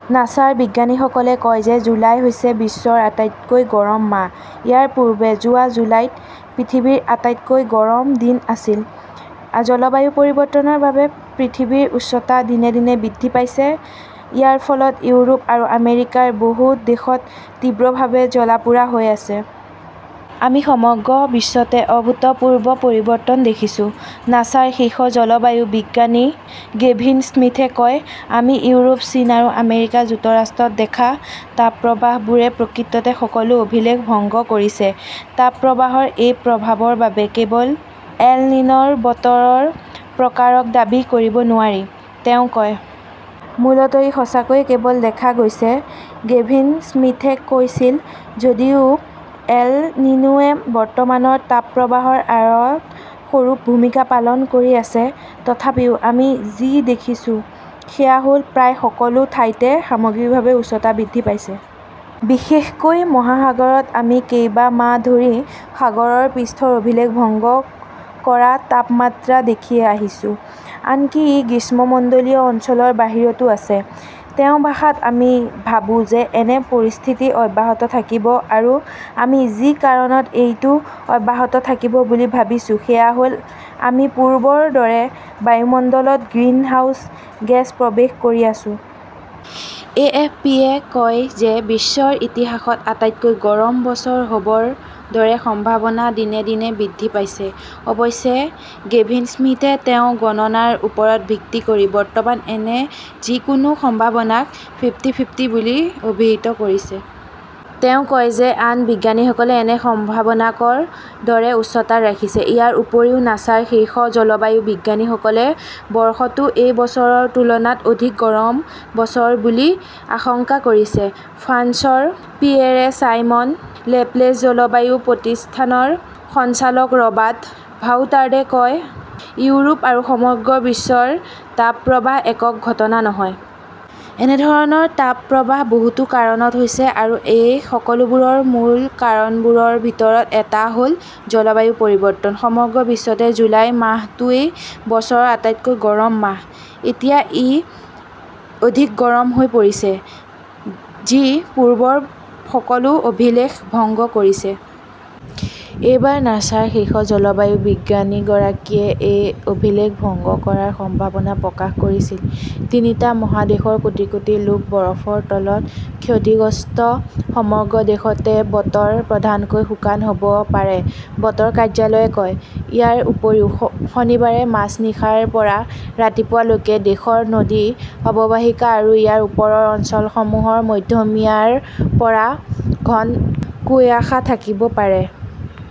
নাছাৰ বিজ্ঞানীসকলে কয় যে জুলাই হৈছে বিশ্বৰ আটাইতকৈ গৰম মাহ। ইয়াৰ পূৰ্বে যোৱা জুলাইত পৃথিৱীৰ আটাইতকৈ গৰম দিন আছিল। জলবায়ু পৰিৱৰ্তনৰ বাবে পৃথিৱীৰ উষ্ণতা দিনে দিনে বৃদ্ধি পাইছে। ইয়াৰ ফলত ইউৰোপ আৰু আমেৰিকাৰ বহু দেশত তীব্ৰভাৱে জ্বলা-পোৰা হৈ আছে। "আমি সমগ্ৰ বিশ্বতে অভূতপূৰ্ব পৰিৱৰ্তন দেখিছোঁ", নাছাৰ শীৰ্ষ জলবায়ু বিজ্ঞানী গেভিন স্মিথে কয়। আমি ইউৰোপ, চীন আৰু আমেৰিকা যুক্তৰাষ্ট্ৰত দেখা তাপপ্ৰবাহবোৰে প্ৰকৃততে সকলো অভিলেখ ভংগ কৰিছে। "তাপপ্ৰবাহৰ এই প্ৰভাৱৰ বাবে কেৱল এল নিন' ৰ বতৰৰ প্ৰকাৰক দাবী কৰিব নোৱাৰি ", তেওঁ কয়। মূলতঃ ই 'সঁচাকৈয়ে কেৱল দেখা গৈছে'। গেভিন স্মিথে কৈছিল, "যদিও এল নিনোৱে বৰ্তমানৰ তাপপ্ৰবাহৰ আঁৰত সৰু ভূমিকা পালন কৰি আছে, তথাপিও 'আমি যি দেখিছোঁ সেয়া হ' ল-প্ৰায় সকলো ঠাইতে সামগ্ৰিকভাৱে উষ্ণতা বৃদ্ধি পাইছে। বিশেষকৈ মহাসাগৰত। আমি কেইবা মাহ ধৰি সাগৰৰ পৃষ্ঠৰ অভিলেখ ভংগ কৰা তাপমাত্ৰা দেখি আহিছো। আনকি ই গ্ৰীষ্মমণ্ডলীয় অঞ্চলৰ বাহিৰতো আছে। ' "তেওঁৰ ভাষাত," আমি ভাবো যে এনে পৰিস্থিতি অব্যাহত থাকিব আৰু আমি যি কাৰণত এইটো অব্যাহত থাকিব বুলি ভাবিছোঁ সেয়া হ 'ল-আমি পূৰ্বৰ দৰে বায়ুমণ্ডলত গ্ৰিনহাউজ গেছ প্ৰৱেশ কৰি আছো। "এ. এফ. পি. -য়ে কয় যে বিশ্বৰ ইতিহাসত আটাইতকৈ গৰম বছৰ হ'ব -ৰ দৰে সম্ভাৱনা দিনে দিনে বৃদ্ধি পাইছে।" অৱশ্যে গেভিন স্মিথে তেওঁৰ গণনাৰ ওপৰত ভিত্তি কৰি বৰ্তমান এনে যিকোনো সম্ভাৱনাক "ফিফ্টি-ফিফ্টি" বুলি অভিহিত কৰিছে। তেওঁ কয় যে আন বিজ্ঞানীসকলে এনে সম্ভাৱনাক ৰ দৰে উচ্চতাত ৰাখিছে। ইয়াৰ উপৰিও, নাছাৰ শীৰ্ষ জলবায়ু বিজ্ঞানীগৰাকীয়ে বৰ্ষটো এই বছৰৰ তুলনাত অধিক গৰম বছৰ হ'ব বুলি আশংকা কৰিছে। ফ্ৰান্সৰ পিয়েৰে-চাইমন লেপলেছ জলবায়ু প্ৰতিষ্ঠানৰ সঞ্চালক ৰবাৰ্ট ভাউটাৰ্ডে কয়, "ইউৰোপ আৰু সমগ্ৰ বিশ্বৰ তাপপ্ৰবাহ একক ঘটনা নহয়। "এনে ধৰণৰ তাপ প্ৰবাহ বহুতো কাৰণত হৈছে আৰু এই সকলোবোৰৰ মূল কাৰণবোৰৰ ভিতৰত এটা হ 'ল জলবায়ু পৰিৱৰ্তন।" সমগ্ৰ বিশ্বতে জুলাই মাহটোৱেই বছৰৰ আটাইতকৈ গৰম মাহ। এতিয়া ই অধিক গৰম হৈ পৰিছে। যি পূৰ্বৰ সকলো অভিলেখ ভংগ কৰিছে। এইবাৰ নাছাৰ শীৰ্ষ জলবায়ু বিজ্ঞানীগৰাকীয়ে এই অভিলেখ ভংগ কৰাৰ সম্ভাৱনা প্ৰকাশ কৰিছিল। তিনিটা মহাদেশৰ কোটি কোটি লোক বৰফৰ ফলত ক্ষতিগ্ৰস্ত সমগ্ৰ দেশতে বতৰ প্ৰধানকৈ শুকান হ'ব পাৰে, বতৰ কাৰ্যালয়ে কয়। ইয়াৰ উপৰিও শনিবাৰে মাজনিশাৰ পৰা ৰাতিপুৱা লৈকে দেশৰ নদী অৱবাহিকা আৰু ইয়াৰ ওপৰৰ অঞ্চলসমূহৰ মধ্যমীয়াৰ পৰা ঘন কুয়াশা থাকিব পাৰে।